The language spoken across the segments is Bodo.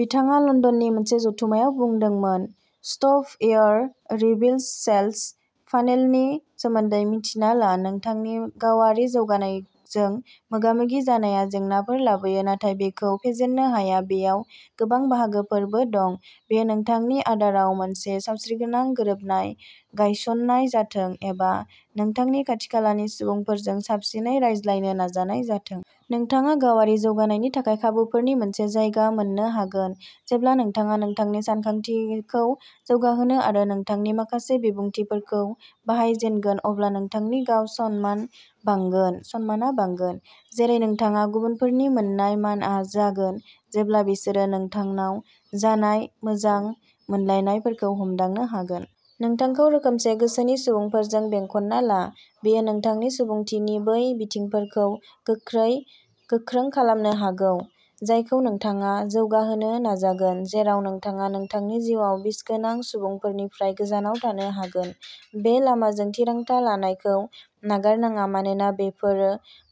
बिथाङा लन्दननि मोनसे जथुम्मायाव बुंदोंमोन। स्टफ एयार रिभल्स सेल्स फानेलनि सोमोन्दै मिन्थिना ला। नोंथांनि गावारि जौगानायजों मोगा-मोगि जानाया जेंनाफोर लाबोयो, नाथाय बेखौ फेजेननो हाया। बेयाव गोबां बाहागोफोरबो दं। बेयो नोंथांनि आदाराव मोनसे सावस्रिगोनां गोरोबनाय गायसन्नाय जाथों, एबा नोंथांनि खाथि-खालानि सुबुंफोरजों साबसिनै रायज्लायनो नाजानाय जाथों। नोंथाङा गावारि जौगानायनि थाखाय खाबुफोरनि मोनसे जायगा मोन्नो हागोन। जेब्ला नोंथाङा नोंथांनि सानखांथिखौ जौगाहोगोन आरो नोंथांनि माखासे बिबुंथिफोरखौ बाहायजेनगोन, अब्ला नोंथांनि गाव-सनमानआ बांगोन, जेरै नोंथाङा गुबुनफोरनिफ्राय मोन्नाय मानआ जागोन, जेब्ला बिसोरो नोंथांनाव जानाय मोजां सोलायनायफोरखौ हमदांनो हागोन। नोंथांखौ रोखोमसे गोसोनि सुबुंफोरजों बेंखनना ला। बेयो नोंथांनि सुबुंथिनि बै बिथिंफोरखौ गोख्रै गोख्रों खालामनो हागौ जायखौ नोंथाङा जौगाहोनो नाजागोन, जेराव नोंथाङा नोंथांनि जिउआव बिसगोनां सुबुंफोरनिफ्राय गोजानाव थानो हागोन। बे लामाजों थिरांथा लानायखौ नागारनाङा, मानोना बेफोरो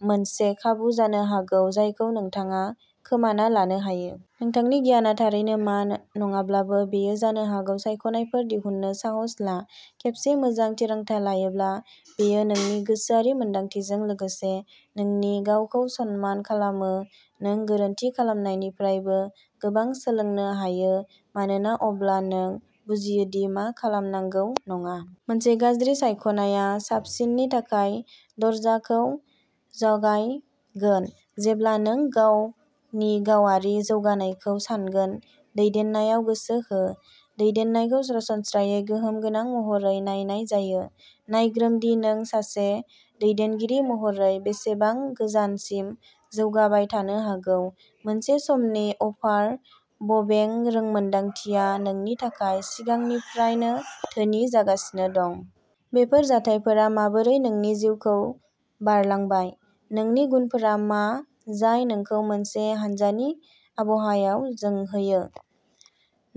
मोनसे खाबु जानो हागौ जायखौ नोंथाङा खोमाना लानो हायो। नोंथांनि गियानआ थारैनो मा नङाब्लाबो। बेयो जानो हागौ, सायख'नायफोर दिहुननो साहस ला। खेबसे मोजां थिरांथा लायोब्ला, बेयो नोंनि गोसोआरि मोनदांथिजों लोगोसे नोंनि गावखौ सनमान खालामो। नों गोरोन्थि खालामनायनिफ्रायबो गोबां सोलोंनो हायो मानोना अब्ला नों बुजियो दि मा खालामनांगौ नङा। मोनसे गाज्रि सायख'नाया साबसिननि थाखाय दरजाखौ जगायगोन। जेब्ला नों गावनि गावारि जौगानायखौ सानगोन, दैदेननायाव गोसो हो। दैदेननायखौ सरासनस्रायै गोहोम गोनां महरै नायनाय जायो। नायग्रोम दि नों सासे दैदेनगिरि महरै बेसेबां गोजानसिम जौगाबाय थानो हागौ। मोनसे समनि अफार बबें रोंमोनदांथिया नोंनि थाखाय सिगांनिफ्रायनो धोनि जागासिनो दं? बेफोर जाथायफोरा माबोरै नोंनि जिउखौ बारलांबाय? नोंनि गुनफोरा मा जाय नोंखौ मोनसे हानजानि आबहावायाव जोंहोयो?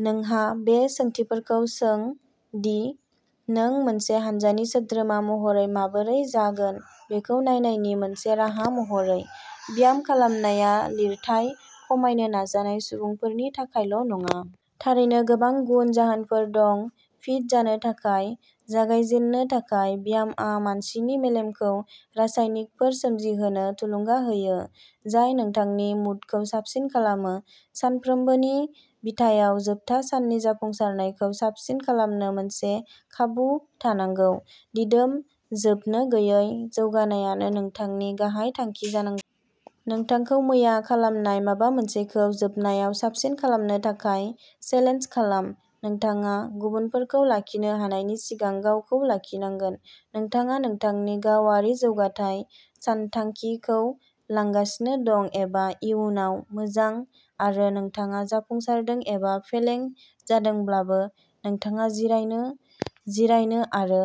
नोंहा बे सोंथिफोरखौ सों दि नों मोनसे हानजानि सोद्रोमा महरै माबोरै जागोन बेखौ नायनायनि मोनसे राहा महरै। ब्याम खालामनाया लिरथाय खमायनो नाजानाय सुबुंफोरनि थाखायल' नङा। थारैनो, गोबां गुन जाहोनफोर दं। फिट जानो थाखाय। जागायजेननो थाखाय, ब्यामआ मानसिनि मेलेमखौ रासायनिकफोर सोमजिहोनो थुलुंगा होयो जाय नोंथांनि मुडखौ साबसिन खालामो। सानफ्रोमबोनि बिथायाव जोबथा साननि जाफुंसारनायखौ साबसिन खालामनो मोनसे खाबु थानांगौ। दिदोम, जोबनो गैयै जौगानायानो नोंथांनि गाहाय थांखि जानांगौ। नोंथांखौ मैया खालामनाय माबा मोनसेखौ जोबनायाव साबसिन खालामनो थाखाय चेलेन्ज खालाम। नोंथाङा गुबुनफोरखौ लाखिनो हानायनि सिगां गावखौ लाखिनांगोन। नोंथाङा नोंथांनि गावारि जौगाथाय सानथांखिखौ लांगासिनो दं एबा इयुनाव मोजां आरो नोंथाङा जाफुंसारदों एबा फेलें जादोंब्लाबो, नोंथाङा जिरायनो, जिरायनो आरो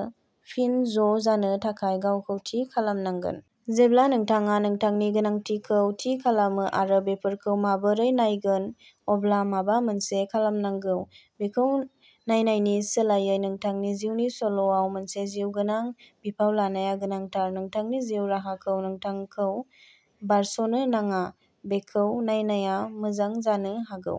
फिन ज'जानो थाखाय गावखौ थि खालामनांगोन। जेब्ला नोंथाङा नोंथांनि गोनांथिखौ थि खालामो आरो बेफोरखौ माबोरै नायगोन, अब्ला माबा मोनसे खालामनांगौ। बेखौ नायनायनि सोलायै, नोंथांनि जिउनि सल'आव मोनसे जिउगोनां बिफाव लानाया गोनांथार। नोंथांनि जिउ राहाखौ नोंथांखौ बारस'नो नाङा, बेखौ नायनाया मोजां जानो हागौ।